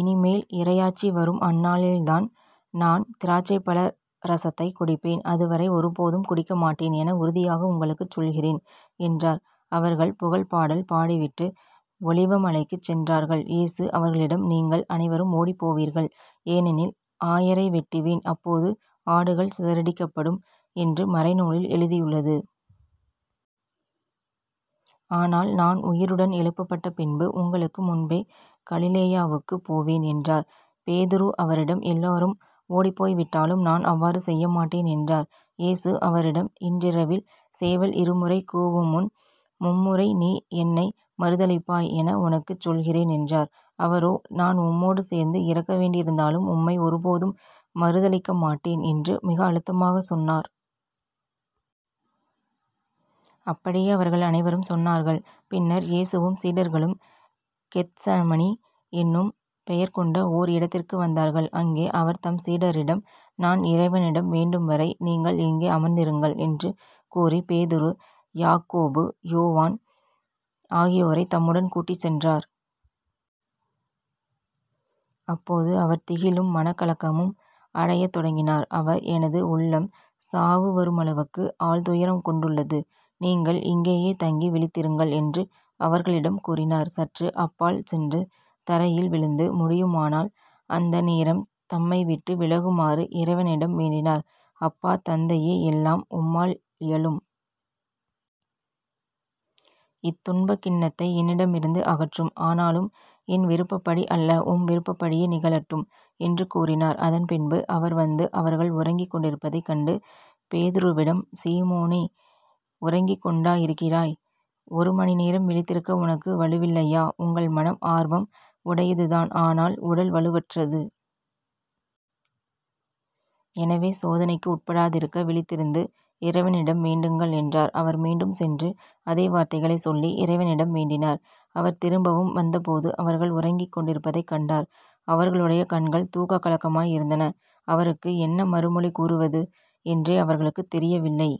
இனிமேல் இறையாட்சி வரும் அந்நாளில்தான் நான் திராட்சைப்பழ இரசத்தைக் குடிப்பேன் அதுவரை ஒருபோதும் குடிக்க மாட்டேன் என உறுதியாக உங்களுக்குச் சொல்கிறேன் என்றார். அவர்கள் புகழ்ப்பாடல் பாடிவிட்டு ஒலிவமலைக்குச் சென்றார்கள். இயேசு அவர்களிடம் நீங்கள் அனைவரும் ஓடிப்போவீர்கள். ஏனெனில் ஆயரை வெட்டுவேன் அப்போது ஆடுகள் சிதறடிக்கப்படும் என்று மறைநூலில் எழுதியுள்ளது. ஆனால் நான் உயிருடன் எழுப்பப்பட்ட பின்பு உங்களுக்குமுன்பே கலிலேயாவுக்குப் போவேன் என்றார். பேதுரு அவரிடம் எல்லாரும் ஓடிப்போய்விட்டாலும் நான் அவ்வாறு செய்யமாட்டேன் என்றார். இயேசு அவரிடம் இன்றிரவில் சேவல் இருமுறை கூவுமுன் மும்முறை நீ என்னை மறுதலிப்பாய் என உனக்குச் சொல்கிறேன் என்றார். அவரோ நான் உம்மோடு சேர்ந்து இறக்க வேண்டியிருந்தாலும் உம்மை ஒருபோதும் மறுதலிக்க மாட்டேன் என்று மிக அழுத்தமாகச் சொன்னார். அப்படியே அவர்கள் அனைவரும் சொன்னார்கள். பின்னர் இயேசுவும் சீடர்களும் கெத்சமனி என்னும் பெயர் கொண்ட ஓர் இடத்திற்கு வந்தார்கள். அங்கே அவர் தம் சீடரிடம் நான் இறைவனிடம் வேண்டும்வரை நீங்கள் இங்கே அமர்ந்திருங்கள் என்று கூறி பேதுரு, யாக்கோபு யோவான் ஆகியோரைத் தம்முடன் கூட்டிச் சென்றார். அப்போது அவர் திகிலும் மனக்கலக்கமும் அடையத் தொடங்கினார். அவர் எனது உள்ளம் சாவுவருமளவுக்கு ஆழ்துயரம் கொண்டுள்ளது நீங்கள் இங்கேயே தங்கி விழித்திருங்கள் என்று அவர்களிடம் கூறினார். சற்று அப்பால் சென்று தரையில் விழுந்து, முடியுமானால் அந்த நேரம் தம்மைவிட்டு விலகுமாறு இறைவனிடம் வேண்டினார். அப்பா தந்தையே எல்லாம் உம்மால் இயலும். இத்துன்பக் கிண்ணத்தை என்னிடமிருந்து அகற்றும். ஆனாலும் என் விருப்பப்படி அல்ல உம் விருப்பப்படியே நிகழட்டும் என்று கூறினார். அதன்பின்பு அவர் வந்து அவர்கள் உறங்கிக் கொண்டிருப்பதைக் கண்டு பேதுருவிடம் சீமோனே உறங்கிக் கொண்டா இருக்கிறாய்? ஒரு மணிநேரம் விழித்திருக்க உனக்கு வலுவில்லையா? உங்கள் மனம் ஆர்வம் உடையதுதான் ஆனால் உடல் வலுவற்றது. எனவே சோதனைக்கு உட்படாதிருக்க விழித்திருந்து இறைவனிடம் வேண்டுங்கள் என்றார். அவர் மீண்டும் சென்று அதே வார்த்தைகளைச் சொல்லி இறைவனிடம் வேண்டினார். அவர் திரும்பவும் வந்தபோது அவர்கள் உறங்கிக் கொண்டிருப்பதைக் கண்டார். அவர்களுடைய கண்கள் தூக்கக் கலக்கமாய் இருந்தன. அவருக்கு என்ன மறுமொழி கூறுவது என்றே அவர்களுக்குத் தெரியவில்லை.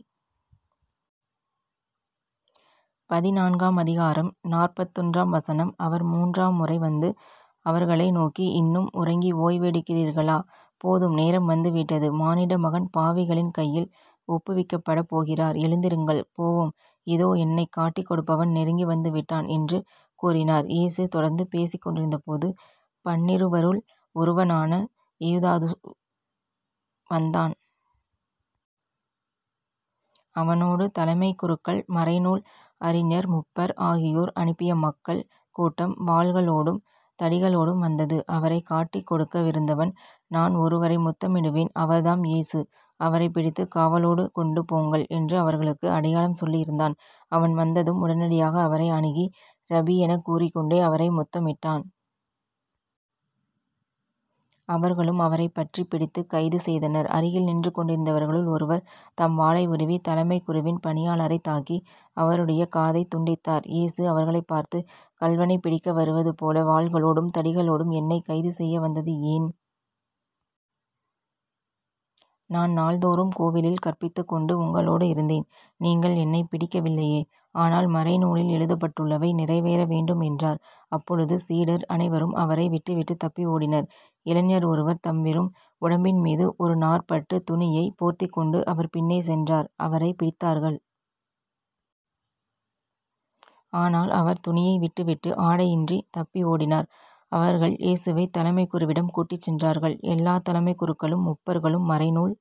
பதினான்காம் அதிகாரம், நாற்பத்தொன்றாம் வசனம் .அவர் முன்றாம் முறை வந்து அவர்களை நோக்கி இன்னும் உறங்கி ஓய்வெடுக்கிறீர்களா? போதும், நேரம் வந்துவிட்டது. மானிடமகன் பாவிகளின் கையில் ஒப்புவிக்கப்படப் போகிறார். எழுந்திருங்கள், போவோம். இதோ என்னைக் காட்டிக் கொடுப்பவன் நெருங்கி வந்துவிட்டான் என்று கூறினார். இயேசு தொடர்ந்து பேசிக் கொண்டிருந்தபோது பன்னிருவருள் ஒருவனான யூதாசு வந்தான். அவனோடு தலைமைக் குருக்கள் மறைநூல் அறிஞர் முப்பர் ஆகியோர் அனுப்பிய மக்கள் கூட்டம் வாள்களோடும், தடிகளோடும் வந்தது. அவரைக் காட்டிக்கொடுக்கவிருந்தவன் நான் ஒருவரை முத்தமிடுவேன். அவர்தாம் இயேசு அவரைப் பிடித்துக் காவலோடு கொண்டு போங்கள் என்று அவர்களுக்கு அடையாளம் சொல்லியிருந்தான். அவன் வந்ததும் உடனடியாக அவரை அணுகி ரபி எனக் கூறிக்கொண்டே அவரை முத்தமிட்டான். அவர்களும் அவரைப் பற்றிப் பிடித்துக் கைது செய்தனர். அருகில் நின்று கொண்டிருந்தவர்களுள் ஒருவர் தம் வாளை உருவி தலைமைக் குருவின் பணியாளரைத் தாக்கி அவருடைய காதைத் துண்டித்தார். இயேசு அவர்களைப் பார்த்து கள்வனைப் பிடிக்க வருவது போல வாள்களோடும் தடிகளோடும் என்னைக் கைது செய்ய வந்தது ஏன்? நான் நாள்தோறும் கோவிலில் கற்பித்துக் கொண்டு உங்களோடு இருந்தேன். நீங்கள் என்னைப் பிடிக்கவில்லையே. ஆனால் மறைநூலில் எழுதப்பட்டுள்ளவை நிறைவேற வேண்டும் என்றார். அப்பொழுது சீடர் அனைவரும் அவரை விட்டுவிட்டுத் தப்பி ஓடினர். இளைஞர் ஒருவர் தம் வெறும் உடம்பின் மீது ஒரு நார்ப்பட்டுத் துணியைப் போர்த்திக் கொண்டு அவர் பின்னே சென்றார் அவரைப் பிடித்தார்கள். ஆனால் அவர் துணியை விட்டு விட்டு ஆடையன்றித் தப்பி ஓடினார். அவர்கள் இயேசுவைத் தலைமைக் குருவிடம் கூட்டிச் சென்றார்கள். எல்லாத் தலைமைக் குருக்களும் முப்பர்களும் மறைநூல்